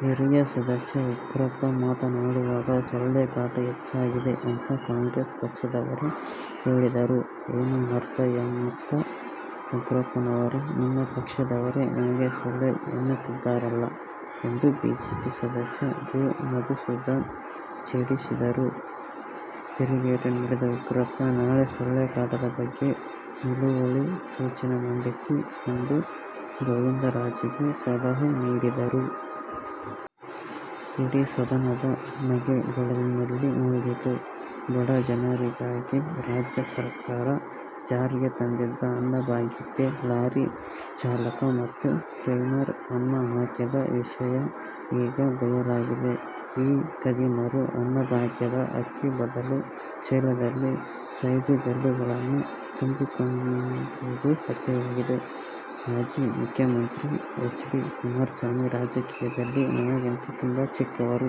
"ಹಿರಿಯ ಸದಸ್ಯ ಉಗ್ರಪ್ಪ ಮಾತನಾಡುವಾಗ ಸೊಳ್ಳೆ ಕಾಟ ಹೆಚ್ಚಾಗಿದೆ ಅಂತ ಕಾಂಗ್ರೆಸ್ ಪಕ್ಷದವರೇ ಹೇಳಿದರೆ ಏನು ಅರ್ಥ ಎನ್ನುತ್ತ, "ಉಗ್ರಪ್ಪನವರೇ ನಿಮ್ಮ ಪಕ್ಷದವರೇ ನಿಮಗೆ ಸೊಳ್ಳೆ ಎನ್ನುತ್ತಿದ್ದಾರಲ್ಲ' ಎಂದು ಬಿಜೆಪಿ ಸದಸ್ಯ ಗೋ. ಮಧುಸೂದನ್ ಛೇಡಿಸಿದರು. ತಿರುಗೇಟು ನೀಡಿದ ಉಗ್ರಪ್ಪ, "ನಾಳೆ ಸೊಳ್ಳೆ ಕಾಟದ ಬಗ್ಗೆ ನಿಲುವಳಿ ಸೂಚನೆ ಮಂಡಿಸಿ' ಎಂದು ಗೋವಿಂದರಾಜುಗೆ ಸಲಹೆ ನೀಡಿದರು. ಇಡೀ ಸದನ ನಗೆಗಡಲಲ್ಲಿ ಮುಳುಗಿತು. ಬಡಜನರಿಗಾಗಿ ರಾಜ್ಯ ಸರ್ಕಾರ ಜಾರಿಗೆ ತಂದಿದ್ದ ಅನ್ನಭಾಗ್ಯಕ್ಕೆ ಲಾರಿ ಚಾಲಕ ಮತ್ತು ಕ್ಲೀನರ್ ಕನ್ನ ಹಾಕಿದ ವಿಷಯ ಈಗ ಬಯಲಾಗಿದೆ. ಈ ಖದೀಮರು ಅನ್ನಭಾಗ್ಯದ ಅಕ್ಕಿ ಬದಲು ಚೀಲದಲ್ಲಿ ಸೈಜುಗಲ್ಲುಗಳನ್ನು ತುಂಬಿಸಿರುವುದು ಪತ್ತೆಯಾಗಿದೆ. ಮಾಜಿ ಮುಖ್ಯಮಂತ್ರಿ ಎಚ್. ಡಿ. ಕುಮಾರಸ್ವಾಮಿ ರಾಜಕೀಯದಲ್ಲಿ ನನಗಿಂತ ತುಂಬಾ ಚಿಕ್ಕವರು.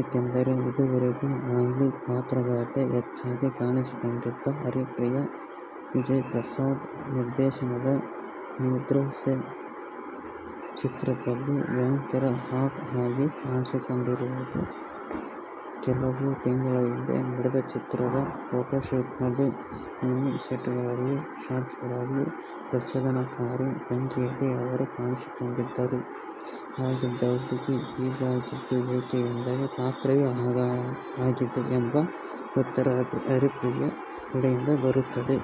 ಏಕೆಂದರೆ, ಇದುವರೆಗೂ ಹೋಮ್ಲಿ ಪಾತ್ರಗಳಲ್ಲೇ ಹೆಚ್ಚಾಗಿ ಕಾಣಿಸಿಕೊಂಡಿದ್ದ ಹರಿಪ್ರಿಯಾ, ವಿಜಯ್ಪ್ರಸಾದ್ ನಿರ್ದೇಶನದ "ನೀರ್ದೋಸೆ' ಚಿತ್ರದಲ್ಲಿ ಭಯಂಕರ ಹಾಟ್ ಆಗಿ ಕಾಣಿಸಿಕೊಂಡಿರುವುದು. ಕೆಲವು ತಿಂಗಳ ಹಿಂದೆ ನಡೆದ ಚಿತ್ರದ ಫೋಟೋಶೂಟ್ನಲ್ಲಿ ಮಿನಿ ಸ್ಕರ್ಟ್ಗಳಲ್ಲಿ, ಶಾರ್ಟ್ಗಳಲ್ಲಿ ಪ್ರಚೋದನಕಾರಿ ಭಂಗಿಯಲ್ಲಿ ಅವರು ಕಾಣಿಸಿಕೊಂಡಿದ್ದರು. ಹಾಗಿದ್ದ ಹುಡುಗಿ, ಹೀಗಾಗಿದ್ದು ಯಾಕೆ ಎಂದರೆ ಪಾತ್ರವೇ ಹಾಗಿದೆ ಎಂಬ ಉತ್ತರ ಹರಿಪ್ರಿಯಾ ಕಡೆಯಿಂದ ಬರುತ್ತದೆ.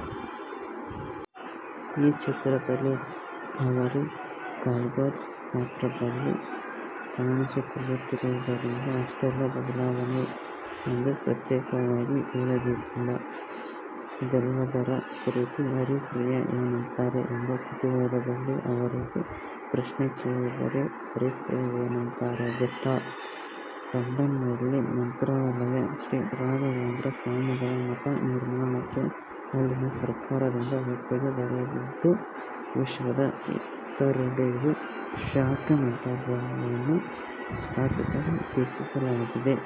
ಈ ಚಿತ್ರದಲ್ಲಿ ಅವರು ಕಾಲ್ಗರ್ಲ್ ಪಾತ್ರದಲ್ಲಿ ಕಾಣಿಸಿಕೊಳ್ಳುತ್ತಿರುವುದರಿಂದ ಅಷ್ಟೆಲ್ಲಾ ಬದಲಾವಣೆ ಎಂದು ಪ್ರತ್ಯೇಕವಾಗಿ ಹೇಳಬೇಕಿಲ್ಲ. ಇದೆಲ್ಲದರ ಕುರಿತು ಹರಿಪ್ರಿಯಾ ಏನಂತಾರೆ ಎಂಬ ಕುತೂಹಲದಲ್ಲಿ ಅವರಿಗೆ ಪ್ರಶ್ನೆ ಕೇಳಿದರೆ, ಹರಿಪ್ರಿಯಾ ಏನಂತಾರೆ ಗೊತ್ತಾ? ಲಂಡನ್ನಲ್ಲಿ ಮಂತ್ರಾಲಯ ಶ್ರೀ ರಾಘವೇಂದ್ರ ಸ್ವಾಮಿಗಳ ಮಠ ನಿರ್ಮಾಣಕ್ಕೆ ಅಲ್ಲಿನ ಸರ್ಕಾರದಿಂದ ಒಪ್ಪಿಗೆ ದೊರೆತಿದ್ದು, ವಿಶ್ವದ ಇತರೆಡೆಯೂ ಶಾಖಾ ಮಠಗಳನ್ನು ಸ್ಥಾಪಿಸಲು ಉದ್ದೇಶಿಸಲಾಗಿದೆ.